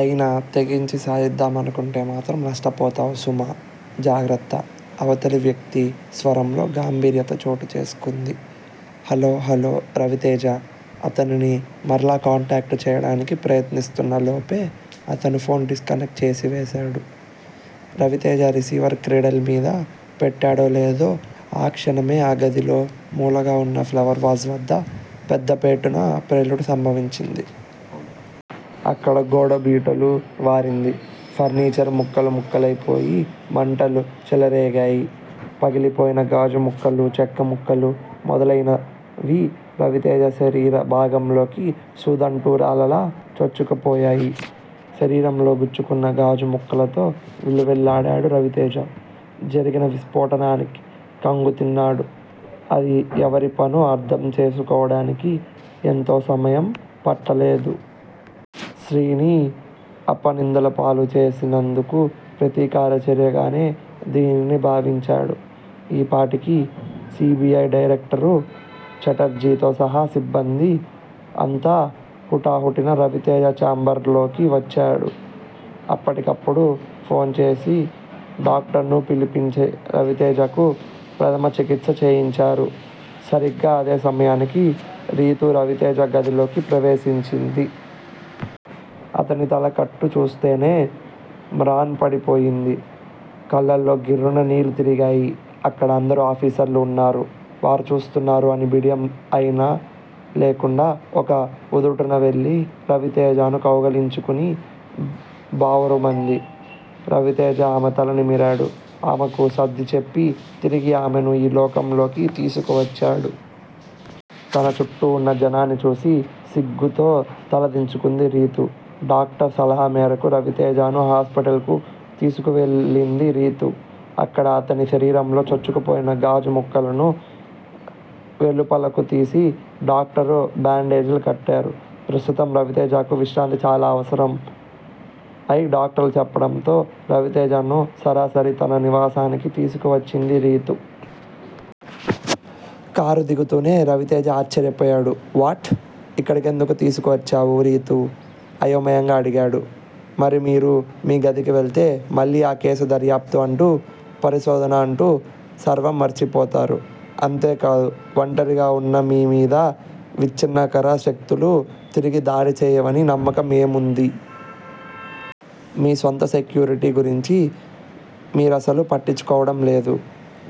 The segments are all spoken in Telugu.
అయినా, తెగించి సాదిద్దామనుకుంటే మాత్రం నష్టపోతావు సుమా! జాగ్రత్త! అవతలి వ్యక్తి స్వరంలో గాంభీర్యత చోటు చేసుకుంది. హలో హలో రవితేజ అతనిని మరల కాంటాక్టు చేయడానికి ప్రయత్నిస్తున్న లోపే అతను ఫోన్ డిస్కనెక్ట్ చేసివేశాడు. రవితేజ రిసీవర్ క్రెడిల్ మీద పెట్టాడో లేదో- ఆ క్షణానే ఆ గదిలో మూలగా వున్న ప్లవర్ వాజ్ వద్ద పెద్దపెట్టున ప్రేలుడు సంభవించింది. అక్కడ గోడ బీటలు వారింది. ఫర్నిచరు ముక్కలు ముక్కలయిపోయి మంటలు చెలరేగాయి. పగిలిపోయిన గాజు ముక్కలు, చెక్క ముక్కలు మొదలయినవిరవితేజ శరీర భాగాలలోకి సూదంటురాళ్ళలా చొచ్చుకుపోయాయి. శరీరంలో గుచ్చుకున్న గాజు ముక్కలతో విలవిలలాడాడు రవితేజ. జరిగిన విస్పోటకానికి ఖంగుతిన్నాడు. అది ఎవరి పనో అర్ధం చేసికోవడానికి ఎంతో సమయం పట్టలేదు. శ్రీ ని అపనిందలపాలు చేసినందుకు ప్రతీకార చర్యగానే దీనిని భావించాడు. ఈపాటికి సి. బి. ఐ. డైరక్టరు ఛటర్జీతో సహా సిబ్బంది అంతా హుటాహుటిన రవితేజ చాంబర్స్ లోకి వచ్చారు. అప్పటికప్పుడు ఫోన్ చేసి డాక్టరును పిలిపించి రవితేజకు ప్రథమ చికిత్స చేయించారు. సరిగ్గా అదే సమయానికి రీతూ రవితేజ గదిలోకి ప్రవేశించింది. అతని తలకి కట్టు చూస్తూనే మ్రాన్పడిపోయింది. కళ్ళలో గిర్రున నీళ్ళు తిరిగాయి. అక్కడ అందరు ఆఫీసర్లూ వున్నారు, వారు చూస్తున్నారు అన్న బిడియం అయినా లేకుండా ఒక్క ఉదుటున వెళ్ళి రవితేజను కౌగిలించుకుని బావురుమంది. రవితేజ ఆమె తల నిమిరాడు. ఆమెకు సర్దిచెప్పి తిరిగి ఆమెను ఈ లోకంలోకి తీసుకువచ్చాడు. తన చుట్టూ వున్న జనాన్ని చూసి సిగ్గుతో తల దించుకుంది రీతు. డాక్టరు సలహా మేరకు రవితేజను హాస్పిటల్ కు తీసుకువెళ్ళింది రీతు. అక్కడ అతని శరీరంలో చొచ్చుకుపోయిన గాజు ముక్కలను వెలుపలకు తీసి డాక్టర్లు బ్యాండేజీ కట్టారు. ప్రస్తుతం రవితేజకు విశ్రాంతి చాలా అవసరం ఐ డాక్టర్లు చెప్పడంతో రవితేజను సరాసరి తన నివాసానికి తీసుకువచ్చింది రీతు. కారు దిగుతూనే రవితేజ ఆశ్చర్యపోయాడు. వ్హ్వాట్! ఇక్కడికెందుకు తీసుకువచ్చావు రీతూ? అయోమయంగా అడిగాడు. మరి? మీరు మీ గదికి వెళితే మళ్ళీ ఆ కేసు దర్యాప్తు అంటూ, పరిశోధన అంటూ సర్వం మరచిపోతారు. అంతేకాదు. వంటరిగా వున్న మీ మీద విచ్చిన్నకర శక్తులు తిరిగి దాడి చేయవని నమ్మకం ఏముంది? మీ సొంత సెక్యూరిటీ గురించి మీరసలు పట్టించుకోవడం లేదు.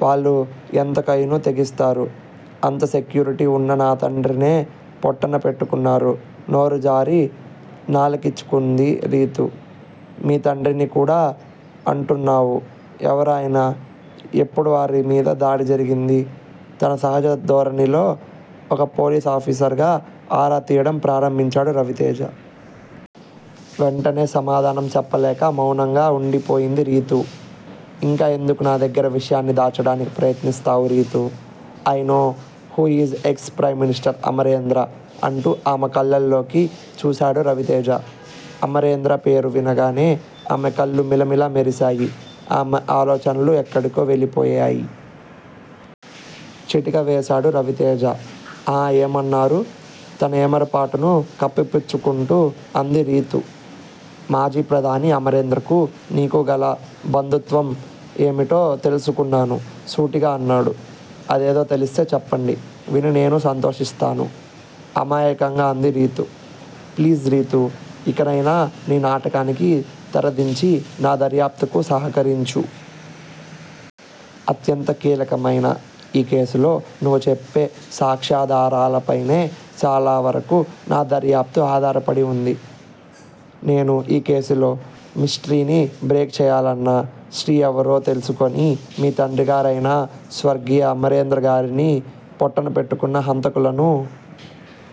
వాళ్ళు ఎంతకయినా తెగిస్తారు. అంత సెక్యూరిటీ వున్న నా తండ్రినే పొట్టన పెట్టుకున్నారు నోరు జారి నాలిక్కరచుకుంది రీతు. మీ తండ్రిని కూడా అంటున్నావు, ఎవరాయన? ఎప్పుడు వారి మీద దాడి జరిగింది? తన సహజ ధోరణిలో ఒక పోలీసు ఆఫీసరుగా ఆరా తీయడం ప్రారంభించాడు రవితేజ. వెంటనే సమాధానం చెప్పలేక మౌనంగా వుండిపోయింది రీతు. ఇంకా ఎందుకు నా దగ్గర విషయాన్ని దాచడానికి ప్రయత్నిస్తావు Ritu? I know who is ex prime minister Amarendra అంటూ ఆమె కళ్ళలోకి చూశాడు రవితేజ. అమరేంద్ర పేరు వినగానే ఆమె కళ్ళు మిలమిల మెరిసాయి. ఆమె ఆలోచనలు ఎక్కడికో వెళ్ళిపోయాయి. చిటిక వేశాడు రవితేజ. ఆ ఏమన్నారు? తన ఏమరుపాటును కప్పిపుచ్చుకుంటూ అంది రీతు. మాజీ ప్రధాని అమరేంద్రకు. నీకు గల బంధుత్వం ఏమిటో తెలుసుకున్నాను సూటిగా అన్నాడు. అదేదో తెలిస్తే చెప్పండి, విని నేనూ సంతోషిస్తాను! అమాయకంగా అంది రీతు. ప్లీజ్, రీతూ! ఇకనైనా నీ నాటకానికి తెరదించి నా దర్యాప్తుకు సహకరించు. అత్యంత కీలకమైన ఈ కేసులో నువ్వు చెప్పే సాక్ష్యాధారాలపైనే చాలా వరకు నా దర్యాప్తు ఆధారపడి వుంది. నేను ఈ కేసులో మిష్టరీని బ్రేక్ చేయాలన్నా 'శ్రీ' ఎవరో తెలుసుకుని మీ తండ్రిగారయిన స్వర్గీయ అమరేంద్రగారిని పొట్టనపెట్టుకున్న హంతకులను